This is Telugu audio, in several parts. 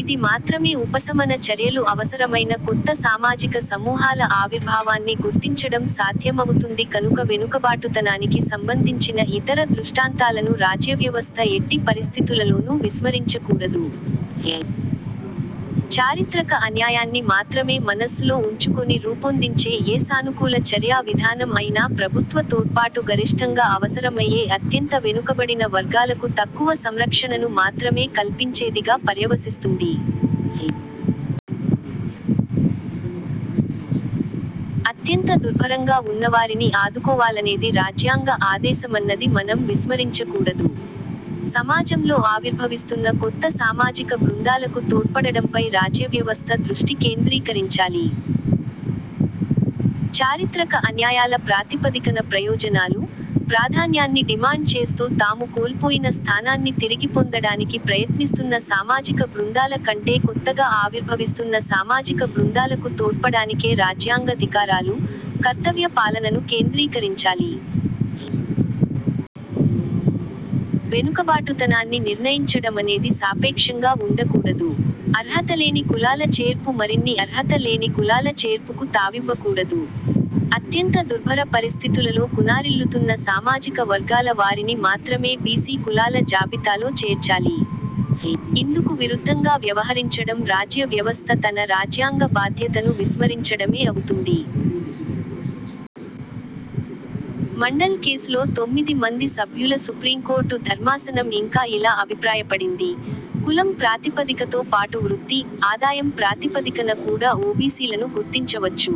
ఇది మాత్రమే ఉపశమన చర్యలు అవసరమైన కొత్త సామాజిక సమూహాల ఆవిర్భావాన్ని గుర్తించడం సాధ్యమవుతుంది కనుక వెనుకబాటుతనానికి సంబంధించిన ఇతర దృష్టాంతాలను రాజ్యవ్యవస్థ ఎట్టి పరిస్థితులలోనూ విస్మరించకూడదు. చారిత్రక అన్యాయాన్ని మాత్రమే మనస్సులో ఉంచుకొని రూపొందించే ఏ సానుకూల చర్యా విధానం అయినా ప్రభుత్వ తోడ్పాటు గరిష్ఠంగా అవసరమయ్యే అత్యంత వెనుకబడిన వర్గాలకు తక్కువ సంరక్షణను మాత్రమే కల్పించేదిగా పర్యవసిస్తుంది. అత్యంత దుర్భరంగా వున్నవారిని ఆదుకోవాలనేది రాజ్యాంగ ఆదేశమన్నది మనం విస్మరించకూడదు. సమాజంలో ఆవిర్భవిస్తున్న కొత్త సామాజిక బృందాలకు తోడ్పడడంపై రాజ్యవ్యవస్థ దృష్టి కేంద్రీకరించాలి. చారిత్రక అన్యాయాల ప్రాతిపదికన ప్రయోజనాలు, ప్రాధాన్యాన్ని డిమాండ్ చేస్తూ తాము కోల్పోయిన స్థానాన్ని తిరిగిపొందడానికి ప్రయత్నిస్తున్న సామాజిక బృందాల కంటే కొత్తగా ఆవిర్భవిస్తున్న సామాజిక బృందాలకు తోడ్పడానికే రాజ్యాంగ ధికారాలు, కర్తవ్య పాలనను కేంద్రీకరించాలి. వెనుకబాటుతనాన్ని నిర్ణయించడమనేది సాపేక్షంగా వుండకూడదు. అర్హతలేని కులాల చేర్పు మరిన్ని అర్హత లేని కులాల చేర్పుకు తావివ్వకూడదు. అత్యంత దుర్భర పరిస్థితులలో కునారిల్లుతున్న సామాజిక వర్గాల వారిని మాత్రమే బీసీ కులాల జాబితాలో చేర్చాలి. ఇందుకు విరుద్ధంగా వ్యవహరించడం రాజ్య వ్యవస్థ తన రాజ్యాంగ బాధ్యతను విస్మరించడమే అవుతుంది. మండల్ కేసులో తొమ్మిది మంది సభ్యుల సుప్రీంకోర్టు ధర్మాసనం ఇంకా ఇలా అభిప్రాయపడింది: 'కులం ప్రాతిపదికతో పాటు వృత్తి – ఆదాయం ప్రాతిపదికన కూడా ఓబీసీలను గుర్తించవచ్చు.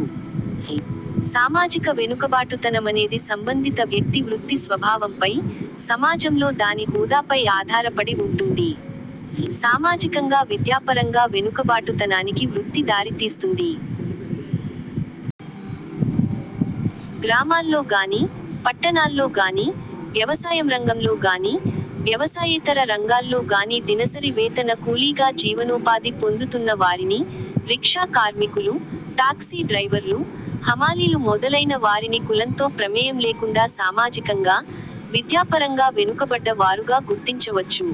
సామాజిక వెనుకబాటుతనమనేది సంబంధిత వ్యక్తి వృత్తి స్వభావంపై, సమాజంలో దాని హోదాపై ఆధారపడి వుంటుంది. '. సామాజికంగా విద్యాపరంగా వెనుకబాటుతనానికి వృత్తి దారితీస్తుంది. గ్రామాల్లో గానీ, పట్టణాల్లో గానీ, వ్యవసాయంరంగంలో గానీ, వ్యవసాయేతర రంగాల్లో గానీ దినసరి వేతన కూలీగా జీవనోపాధి పొందుతున్న వారిని, రిక్షా కార్మికులు, టాక్సీ డ్రైవర్లు, హమాలీలు మొదలైన వారిని కులంతో ప్రమేయంలేకుండా సామాజికంగా, విద్యాపరంగా వెనుకబడ్డ వారుగా గుర్తించవచ్చు.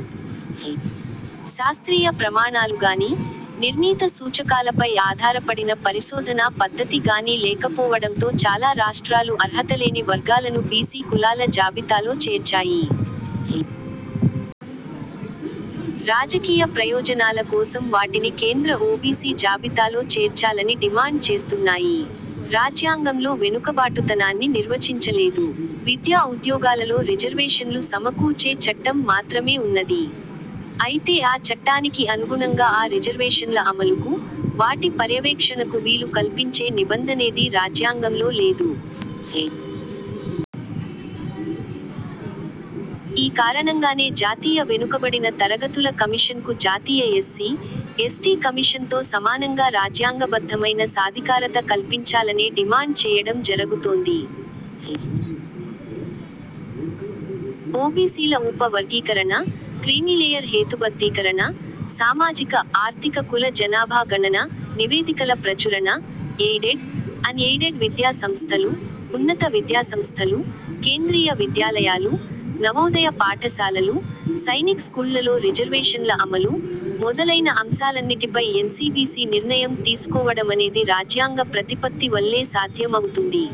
శాస్త్రీయ ప్రమాణాలుగానీ, నిర్ణీత సూచకాలపై ఆధారపడిన పరిశోధనా పద్ధతి గానీ లేకపోవడంతో చాలా రాష్ట్రాలు అర్హతలేని వర్గాలను బీసీ కులాల జాబితాలో చేర్చాయి. రాజకీయ ప్రయోజనాల కోసం వాటిని కేంద్ర ఓబీసీ జాబితాలో చేర్చాలని డిమాండ్ చేస్తున్నాయి. రాజ్యాంగంలో వెనుకబాటుతనాన్ని నిర్వచించలేదు. విద్యా ఉద్యోగాలలో రిజర్వేషన్లు సమకూర్చే చట్టం మాత్రమే ఉన్నది. అయితే ఆ చట్టానికి అనుగుణంగా ఆ రిజర్వేషన్ల అమలుకు, వాటి పర్యవేక్షణకు వీలు కల్పించే నిబంధనేదీ రాజ్యాంగంలో లేదు. ఈ కారణంగానే జాతీయ వెనుకబడిన తరగతుల కమిషన్కు జాతీయ ఎస్సీ, ఎస్టీ కమిషన్తో సమానంగా రాజ్యాంగబద్ధమైన సాధికారత కల్పించాలనే డిమాండ్ చేయడం జరగుతోంది. ఓబీసీల ఉప వర్గీకరణ, క్రీమీలేయర్ హేతుబద్ధీకరణ, సామాజిక–ఆర్థిక కుల జనాభా గణన– నివేదికల ప్రచురణ, ఎయిడెడ్, అన్ ఎయిడెడ్ విద్యా సంస్థలు, ఉన్నత విద్యాసంస్థలు, కేంద్రీయ విద్యాలయాలు, నవోదయ పాఠశాలలు, సైనిక్ స్కూళ్ళలో రిజర్వేషన్ల అమలు, మొదలైన అంశాలన్నిటిపై ఎన్సీబీసీ నిర్ణయం తీసుకోవడమనేది రాజ్యాంగ ప్రతిపత్తి వల్లే సాధ్యమవుతుంది.